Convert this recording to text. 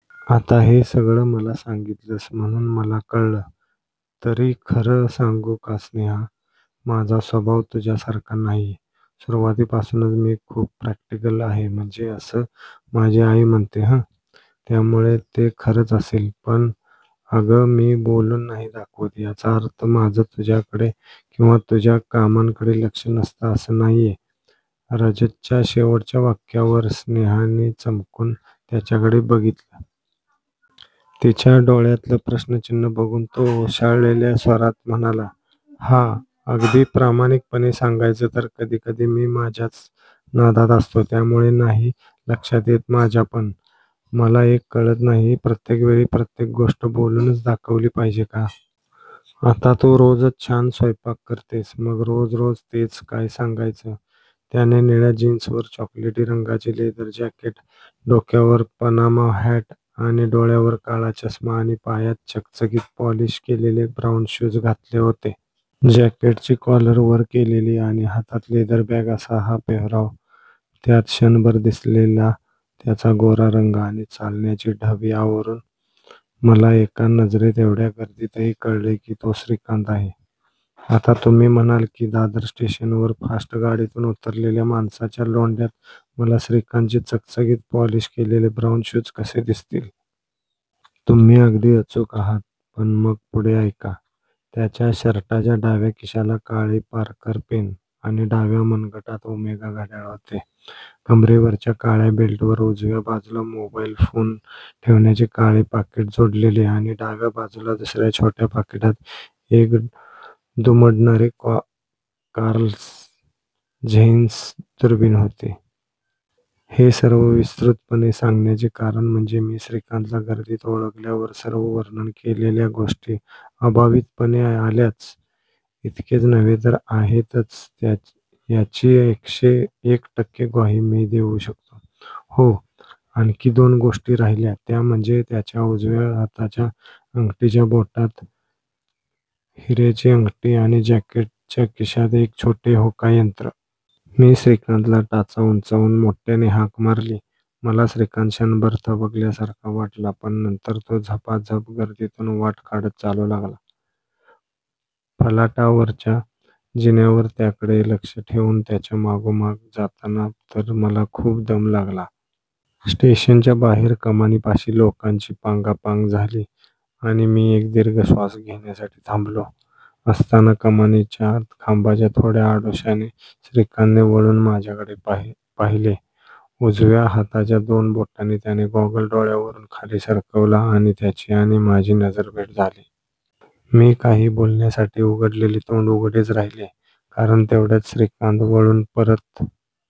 आत्ता हे सगळं मला सांगितलंस म्हणून मला कळलं तरीखरं सांगू का स्नेहा, माझा स्वभाव तुझ्यासारखा नाहीये. सुरुवातीपासूनच मी खूप प्रॅक्टिकल आहेम्हणजे असं माझी आई म्हणते हं! त्यामुळे ते खरंच असेल. पण अगं, मी बोलून नाही दाखवत याचा अर्थ माझं तुझ्याकडे किंवा तुझ्या कामांकडे लक्ष नसतं असं नाहीये" रजतच्या शेवटच्या वाक्यावर स्नेहानी चमकून त्याच्याकडे बघितलं. तिच्या डोळ्यातलं प्रश्नचिन्ह बघून तो ओशाळलेल्या स्वरात म्हणाला," हां, अगदी प्रामाणिकपणे सांगायचं तर कधीकधी मी माझ्याच नादात असतो त्यामुळे नाही लक्षात येत माझ्यापण मला एक कळत नाहीप्रत्येक वेळी प्रत्येक गोष्ट बोलूनच दाखवली पाहिजे का? आता तू रोजच छान स्वैपाक करतेस; मग रोज रोज तेच काय सांगायचं! त्याने निळ्या जीन्सवर चॉकलेटी रंगाचे लेदर जँकेट, डोक्यावर पनामा हँट आणि डोळ्यावर काळा चष्मा आणि पायात चकचकीत पॉलिश केलेले ब्राऊन शूज घातले होते. जँकेटची कॉलर वर केलेली आणि हातात लेदर बँग असा हा पेहेराव, त्यात क्षणभर दिसलेला त्याचा गोरा रंग आणि चालण्याची ढब यावरून मला एका नजरेत एवढ्या गर्दीतही कळले की तो श्रीकांत आहे. आता तुम्ही म्हणाल की दादर स्टेशनवर फास्ट गाडीतून उतरलेल्या माणसांच्या लोंढ्यात मला श्रीकांतचे चकचकीत पॉलिश केलेले ब्राऊन शूज कसे दिसतील? तुम्ही अगदी अचूक आहात पण मग पुढे ऐका! त्याच्या शर्टाच्या डाव्या खिशाला काळे पारकर पेन आणि डाव्या मनगटात ओमेगा घड्याळ होते. कमरेवरच्या काळ्या बेल्टवर उजव्या बाजूला मोबाईल फोन ठेवण्याचे काळे पाकीट जोडलेले आणि डाव्या बाजूला दुसऱ्या छोट्या पाकिटात एक दुमडणारी कार्ल झेईस दुर्बिण होती. हे सर्व विस्तृतपणे सांगण्याचे कारण म्हणजे मी श्रीकांतला गर्दीत ओळखल्यावर सर्व वर्णन केलेल्या गोष्टी अभावितपणे आल्याच. इतकेच नव्हे तर आहेतच याची एकशे एक टक्के ग्वाही मी देऊ शकतो. हो, आणखी दोन गोष्टी राहिल्या त्या म्हणजे त्याच्या उजव्या हाताच्या अंगठीच्या बोटात हिऱ्याची अंगठी आणि जँकेटच्या खिशात एक छोटे होकायंत्र! मी श्रीकांतला टाचा उंचावून मोठ्याने हाक मारली. मला श्रीकांत क्षणभर थबकल्या सारखा वाटला पण नंतर तो झपाझप गर्दीतून वाट काढत चालू लागला. फलाटावरच्या जिन्यावर त्याच्याकडे लक्ष ठेऊन त्याच्या मागोमाग जाताना तर मला खूप दम लागला. स्टेशनच्या बाहेर कमानीपाशी लोकांची पांगापांग झाली आणि मी एक दीर्घ श्वास घेण्यासाठी थांबलो असताना कमानीच्या खांबाच्या थोड्या आडोशाने श्रीकांतने वळून माझ्याकडे पहिले. उजव्या हाताच्या दोन बोटांनी त्याने गॉगल डोळ्यावरून खाली सरकवला आणि त्याची आणि माझी नजरभेट झाली. मी काही बोलण्यासाठी उघडलेले तोंड उघडेच राहिले कारण तेवढ्यात श्रीकांत वळून परत